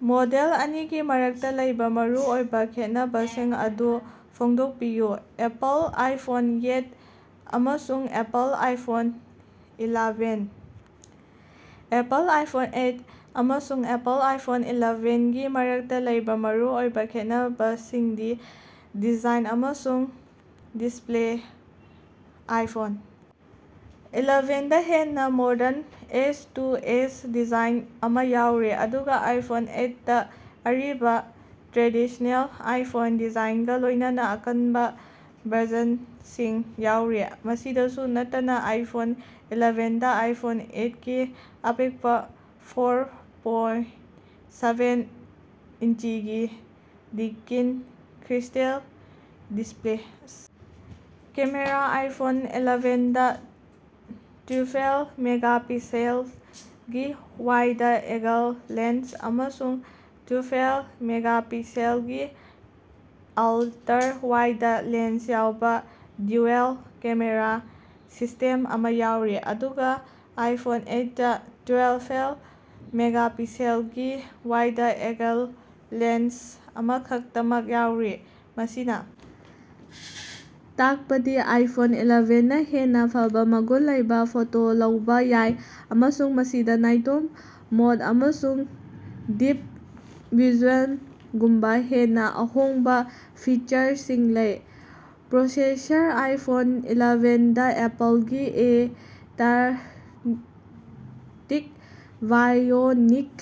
Model ꯑꯅꯤꯒꯤ ꯃꯔꯛꯇ ꯂꯩꯕ ꯃꯔꯨꯑꯣꯏꯕ ꯈꯦꯠꯅꯕꯁꯤꯡ ꯑꯗꯨ ꯐꯣꯡꯗꯣꯛꯄꯤꯌꯨ, ꯑꯦꯄꯜ ꯑꯥꯏꯐꯣꯟ ꯑꯦꯠ ꯑꯃꯁꯨꯡ Apple iPhone eleven. Apple iPhone eight ꯑꯃꯁꯨꯡ ꯑꯦꯄꯜ ꯑꯥꯏꯐꯣꯟ ꯏꯂꯥꯚꯦꯟꯒꯤ ꯃꯔꯛꯇ ꯂꯩꯕ ꯃꯔꯨꯑꯣꯏꯕ ꯈꯦꯠꯅꯕꯁꯤꯡꯗꯤ - ꯗꯤꯖꯥꯏꯟ ꯑꯃꯁꯨꯡ ꯗꯤꯁꯄ꯭ꯂꯦ - ꯑꯥꯏꯐꯣꯟ ꯏꯂꯥꯚꯦꯟꯗꯥ ꯍꯦꯟꯅ ꯃꯣꯗ꯭ꯔꯟ, ꯑꯦꯖ-ꯇꯨ-ꯑꯦꯖ ꯗꯤꯖꯥꯏꯟ ꯑꯃ ꯌꯥꯎꯔꯤ, ꯑꯗꯨꯒ ꯑꯥꯏꯐꯣꯟ ꯑꯦꯠ ꯇꯥ ꯑꯔꯤꯕ, ꯇ꯭ꯔꯦꯗꯤꯁ꯭ꯅꯦꯜ ꯑꯥꯏꯐꯣꯟ ꯗꯤꯖꯥꯏꯟꯒ ꯂꯣꯏꯅꯅꯥ ꯑꯀꯟꯕ ꯕꯔꯖꯟꯁꯤꯡ ꯌꯥꯎꯔꯤ꯫ ꯃꯁꯤꯗꯁꯨ ꯅꯠꯇꯅꯥ ꯑꯥꯏꯐꯣꯟ ꯏꯂꯥꯚꯦꯟꯗꯥ ꯑꯥꯏꯐꯣꯟ ꯑꯦꯠꯀꯤ ꯑꯄꯤꯛꯄ, ꯐꯣꯔ ꯄꯣꯏꯟ ꯁꯥꯚꯦꯟ ꯏꯟꯆꯤꯒꯤ liquid crystal display camera - iPhone ꯏꯂꯥꯚꯦꯟꯗꯥ ꯇꯨꯏꯋ꯭ꯐꯦꯜ ꯃꯦꯒꯥꯄꯤꯛꯁꯦꯜꯒꯤ ꯋꯥꯏꯗ ꯑꯦꯡꯒꯜ ꯂꯦꯟꯁ ꯑꯃꯁꯨꯡ ꯇꯨꯏꯋ꯭ꯐꯦꯜ ꯃꯦꯒꯥꯄꯤꯛꯁꯦꯜꯒꯤ ꯑꯜꯇꯔꯥ ꯋꯥꯏꯗ ꯂꯦꯟꯁ ꯌꯥꯎꯕ ꯗ꯭ꯌꯨꯑꯦꯜ ꯀꯦꯃꯦꯔꯥ ꯁꯤꯁꯇꯦꯝ ꯑꯃ ꯌꯥꯎꯔꯤ, ꯑꯗꯨꯒ ꯑꯥꯏꯐꯣꯟ ꯑꯦꯠ ꯇꯥ ꯇꯨꯏꯋ꯭ꯐꯦꯜ ꯃꯦꯒꯥꯄꯤꯛꯁꯦꯜꯒꯤ ꯋꯥꯏꯗ ꯑꯦꯡꯒꯜ ꯂꯦꯟꯁ ꯑꯃꯈꯛꯇꯃꯛ ꯌꯥꯎꯔꯤ꯫ ꯃꯁꯤꯅ ꯇꯥꯛꯄꯗꯤ ꯑꯥꯏꯐꯣꯟ ꯏꯂꯥꯚꯦꯟꯅꯥ ꯍꯦꯟꯅ ꯐꯕꯥ ꯃꯒꯨꯟ ꯂꯩꯕ ꯐꯣꯇꯣ ꯂꯧꯕ ꯌꯥꯏ ꯑꯃꯁꯨꯡ ꯃꯁꯤꯗ ꯅꯥꯏꯇꯣꯝ ꯃꯣꯗ ꯑꯃꯁꯨꯡ ꯗꯤꯞ ꯐ꯭ꯌꯨꯖꯟꯒꯨꯝꯕ ꯍꯦꯟꯅ ꯑꯍꯣꯡꯕ ꯐꯤꯆꯔꯁꯤꯡ ꯂꯩ꯫ ꯄ꯭ꯔꯣꯁꯦꯁꯔ - ꯑꯥꯏꯐꯣꯟ ꯏꯂꯥꯚꯦꯟꯗꯥ ꯑꯦꯄꯜꯒꯤ ꯑꯦ ꯊ꯭ꯔꯥꯇꯤꯟ ꯕꯥꯏꯑꯣꯅꯤꯛ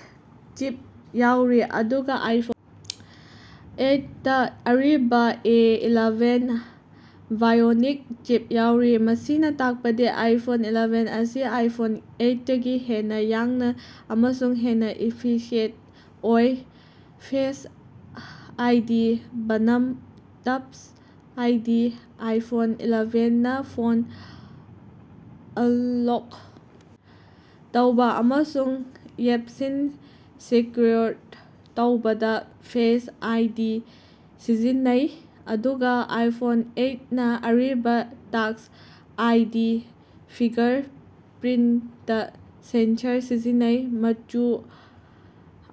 ꯆꯤꯞ ꯌꯥꯎꯔꯤ, ꯑꯗꯨꯒ ꯑꯥꯏꯐꯣꯟ ꯑꯦꯠ ꯇꯥ ꯑꯔꯤꯕ ꯑꯦ ꯏꯂꯥꯚꯦꯟ ꯕꯥꯏꯑꯣꯅꯤꯛ ꯆꯤꯞ ꯌꯥꯎꯔꯤ꯫ ꯃꯁꯤꯅ ꯇꯥꯛꯄꯗꯤ ꯑꯥꯏꯐꯣꯟ ꯏꯂꯥꯚꯦꯟ ꯑꯁꯤ ꯑꯥꯏꯐꯣꯟ ꯑꯦꯠ ꯇꯒꯤ ꯍꯦꯟꯅ ꯌꯥꯡꯅ ꯑꯃꯁꯨꯡ ꯍꯦꯟꯅ ꯏꯐꯤꯁꯤꯌꯦꯟꯇ ꯑꯣꯏ꯫ ꯐꯦꯁ ꯑꯥꯏꯗꯤ ꯕꯅꯥꯝ ꯇꯆ ꯑꯥꯏꯗꯤ - ꯑꯥꯏꯐꯣꯟ ꯏꯂꯥꯚꯦꯟ ꯅꯥ ꯐꯣꯟ ꯑꯟꯂꯣꯛ ꯇꯧꯕ ꯑꯃꯁꯨꯡ ꯑꯦꯞꯁꯤꯡ ꯁꯦꯀ꯭ꯌꯨꯔ ꯇꯧꯕꯗ ꯐꯦꯁ ꯑꯥꯏꯗꯤ ꯁꯤꯖꯤꯟꯅꯩ, ꯑꯗꯨꯒ ꯑꯥꯏꯐꯣꯟ ꯑꯦꯠ ꯅꯥ ꯑꯔꯤꯕ ꯇꯆ ꯑꯥꯏꯗꯤ ꯐꯤꯡꯒꯔꯄ꯭ꯔꯤꯟꯇ ꯁꯦꯟꯁꯔ ꯁꯤꯖꯤꯟꯅꯩ꯫ ꯃꯆꯨ -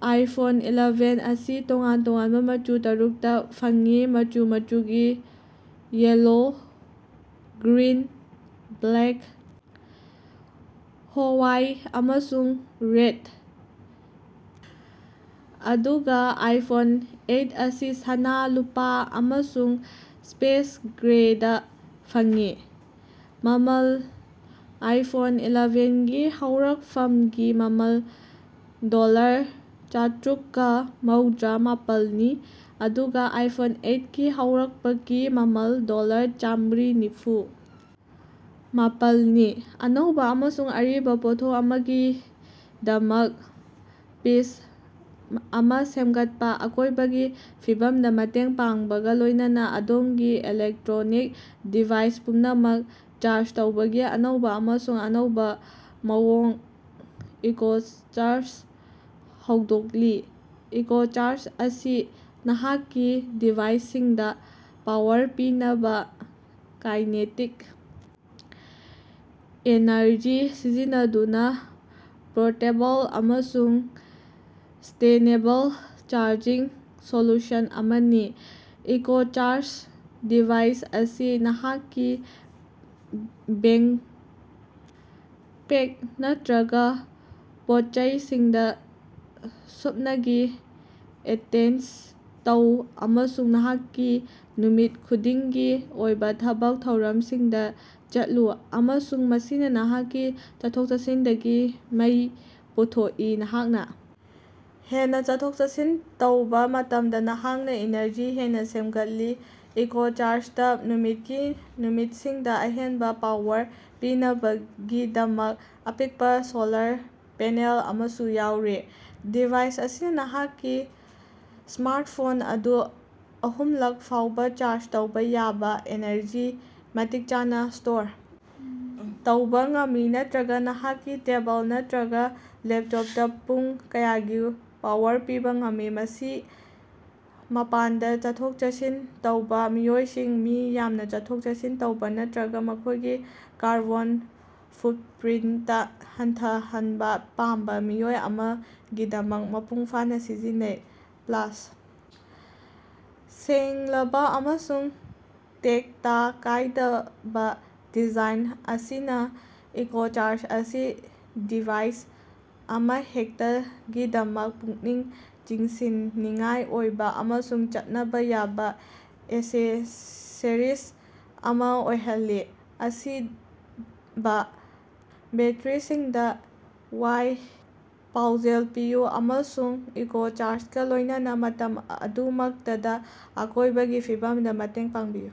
ꯑꯥꯏꯐꯣꯟ ꯏꯂꯥꯚꯦꯟ ꯑꯁꯤ ꯇꯣꯉꯥꯟ ꯇꯣꯉꯥꯟꯕ ꯃꯆꯨ ꯇꯔꯨꯛꯇꯥ ꯐꯪꯏ, ꯃꯆꯨ ꯃꯆꯨꯒꯤ, ꯌꯦꯜꯂꯣ, ꯒ꯭ꯔꯤꯟ, ꯕ꯭ꯂꯦꯛ, ꯍꯣꯋꯥꯏꯠ ꯑꯃꯁꯨꯡ ꯔꯦꯗ, ꯑꯗꯨꯒ ꯑꯥꯏꯐꯣꯟ ꯑꯦꯠ ꯑꯁꯤ ꯁꯅꯥ, ꯂꯨꯄꯥ ꯑꯃꯁꯨꯡ ꯁ꯭ꯄꯦꯁ ꯒ꯭ꯔꯦꯗꯥ ꯐꯪꯏ꯫ ꯃꯃꯜ - ꯑꯥꯏꯐꯣꯟ ꯏꯂꯥꯚꯦꯟ ꯒꯤ ꯍꯧꯔꯛꯐꯝꯒꯤ ꯃꯃꯜ ꯗꯣꯂꯔ ꯆꯇ꯭ꯔꯨꯛꯀ ꯃꯧꯗ꯭ꯔꯥ ꯃꯄꯜꯅꯤ, ꯑꯗꯨꯒ ꯑꯥꯏꯐꯣꯟ ꯑꯦꯠ ꯒꯤ ꯍꯧꯔꯛꯄꯒꯤ ꯃꯃꯜ ꯗꯣꯂꯔ ꯆꯥꯃ꯭ꯔꯤ ꯅꯤꯐꯨ ꯃꯄꯜꯅꯤ꯫ ꯑꯅꯧꯕ ꯑꯃꯁꯨꯡ ꯑꯔꯤꯕ ꯄꯣꯠꯊꯣꯛ ꯑꯃꯒꯤꯗꯃꯛ ꯄꯤꯆ ꯑꯃ ꯁꯦꯝꯒꯠꯄ꯫ ꯑꯀꯣꯏꯕꯒꯤ ꯐꯤꯕꯝꯗ ꯃꯇꯦꯡ ꯄꯥꯡꯕꯒ ꯂꯣꯏꯅꯅ ꯑꯗꯣꯝꯒꯤ ꯏꯂꯦꯛꯇ꯭ꯔꯣꯅꯤꯛ ꯗꯤꯚꯥꯏꯁ ꯄꯨꯝꯅꯃꯛ ꯆꯥꯔꯖ ꯇꯧꯕꯒꯤ ꯑꯅꯧꯕ ꯑꯃꯁꯨꯡ ꯑꯅꯧꯕ ꯃꯑꯣꯡ ꯏꯀꯣꯆꯥꯔꯖ ꯍꯧꯗꯣꯛꯂꯤ꯫ ꯏꯀꯣꯆꯥꯔꯖ ꯑꯁꯤ ꯅꯍꯥꯛꯀꯤ ꯗꯤꯚꯥꯏꯁꯁꯤꯡꯗ ꯄꯥꯋꯔ ꯄꯤꯅꯕꯥ ꯀꯥꯏꯅꯦꯇꯤꯛ ꯑꯦꯅꯔꯖꯤ ꯁꯤꯖꯤꯟꯅꯗꯨꯅ ꯄꯣꯔꯇꯦꯕꯜ ꯑꯃꯁꯨꯡ ꯁꯁꯇꯦꯅꯦꯕꯜ ꯆꯥꯔꯖꯤꯡ ꯁꯣꯂꯨꯁꯟ ꯑꯃꯅꯤ꯫ ꯏꯀꯣꯆꯥꯔꯖ ꯗꯤꯚꯥꯏꯁ ꯑꯁꯤ ꯅꯍꯥꯛꯀꯤ ꯕꯦꯛꯄꯦꯛ ꯅꯠꯇꯔꯒ ꯄꯣꯠꯆꯩꯁꯤꯡꯗ ꯁꯨꯞꯅꯒꯤ ꯑꯦꯇꯦꯆ ꯇꯧ ꯑꯃꯁꯨꯡ ꯅꯍꯥꯛꯀꯤ ꯅꯨꯃꯤꯠ ꯈꯨꯗꯤꯡꯒꯤ ꯑꯣꯏꯕ ꯊꯕꯛ ꯊꯧꯔꯝꯁꯤꯡꯗ ꯆꯠꯂꯨ, ꯑꯃꯁꯨꯡ ꯃꯁꯤꯅ ꯅꯍꯥꯛꯀꯤ ꯆꯠꯊꯣꯛ-ꯆꯠꯁꯤꯟꯗꯒꯤ ꯃꯩ ꯄꯨꯊꯣꯛꯏ꯫ ꯅꯍꯥꯛꯅ ꯍꯦꯟꯅ ꯆꯠꯊꯣꯛ-ꯆꯠꯁꯤꯟ ꯇꯧꯕ ꯃꯇꯝꯗ, ꯅꯍꯥꯛꯅ ꯏꯅꯔꯖꯤ ꯍꯦꯟꯅ ꯁꯦꯝꯒꯠꯂꯤ꯫ ꯏꯀꯣꯆꯥꯔꯖꯇꯥ ꯅꯨꯃꯤꯠꯀꯤ ꯅꯨꯃꯤꯠꯁꯤꯡꯗ ꯑꯍꯦꯟꯕ ꯄꯥꯋꯔ ꯄꯤꯅꯕꯒꯤꯗꯃꯛ ꯑꯄꯤꯛꯄ ꯁꯣꯂꯥꯔ ꯄꯦꯅꯦꯜ ꯑꯃꯁꯨ ꯌꯥꯎꯔꯤ꯫ ꯗꯤꯚꯥꯏꯁ ꯑꯁꯤꯅ ꯅꯍꯥꯛꯀꯤ ꯁ꯭ꯃꯥꯔꯠꯐꯣꯟ ꯑꯗꯨ ꯑꯍꯨꯝꯂꯛ ꯐꯥꯎꯕ ꯆꯥꯔꯖ ꯇꯧꯕ ꯌꯥꯕ ꯑꯦꯅꯔꯖꯤ ꯃꯇꯤꯛ ꯆꯥꯅ ꯁ꯭ꯇꯣꯔ ꯇꯧꯕ ꯉꯝꯃꯤ ꯅꯠꯇꯔꯒ ꯅꯍꯥꯛꯀꯤ ꯇꯦꯕꯜ ꯅꯠꯇꯔꯒ ꯂꯦꯞꯇꯣꯞꯇ ꯄꯨꯡ ꯀꯌꯥꯒꯤ ꯄꯥꯋꯔ ꯄꯤꯕ ꯉꯝꯃꯤ꯫ ꯃꯁꯤ ꯃꯄꯥꯟꯗ ꯆꯠꯊꯣꯛ-ꯆꯠꯁꯤꯟ ꯇꯧꯕ ꯃꯤꯑꯣꯏꯁꯤꯡ, ꯃꯤ ꯌꯥꯝꯅ ꯆꯠꯊꯣꯛ-ꯆꯠꯁꯤꯟ ꯇꯧꯕ ꯅꯠꯇꯔꯒ ꯃꯈꯣꯏꯒꯤ ꯀꯥꯔꯕꯣꯟ ꯐꯨꯠꯄ꯭ꯔꯤꯟꯇ ꯍꯟꯊꯍꯟꯕ ꯄꯥꯝꯕ ꯃꯤꯑꯣꯏ ꯑꯃꯒꯤꯗꯃꯛ ꯃꯄꯨꯡ ꯐꯥꯅ ꯁꯤꯖꯤꯟꯅꯩ꯫ ꯄ꯭ꯂꯥꯁ, ꯁꯦꯡꯂꯕꯥ ꯑꯃꯁꯨꯡ ꯇꯦꯛꯇ ꯀꯥꯏꯗꯕꯥ ꯗꯤꯖꯥꯏꯟ ꯑꯁꯤꯅ ꯏꯀꯣꯆꯥꯔꯖ ꯑꯁꯤ ꯗꯤꯚꯥꯏꯁ ꯑꯃꯍꯦꯛꯇꯒꯤꯗꯃꯛ ꯄꯨꯛꯅꯤꯡ ꯆꯤꯡꯁꯤꯟꯅꯤꯡꯉꯥꯏ ꯑꯣꯏꯕ ꯑꯃꯁꯨꯡ ꯆꯠꯅꯕ ꯌꯥꯕ ꯑꯦꯛꯁꯦꯁꯔꯤꯖ ꯑꯃ ꯑꯣꯏꯍꯜꯂꯤ꯫ ꯑꯁꯤꯕ ꯕꯦꯠꯇꯔꯤꯁꯤꯡꯗ ꯌꯥꯏꯐ-ꯄꯥꯎꯖꯦꯜ ꯄꯤꯌꯨ ꯑꯃꯁꯨꯡ ꯏꯀꯣꯆꯥꯔꯖꯒꯥ ꯂꯣꯏꯅꯅꯥ ꯃꯇꯝ ꯑꯗꯨꯃꯛꯇꯗꯥ ꯑꯀꯣꯏꯕꯒꯤ ꯐꯤꯕꯝꯗ ꯃꯇꯦꯡ ꯄꯥꯡꯕꯤꯌꯨ꯫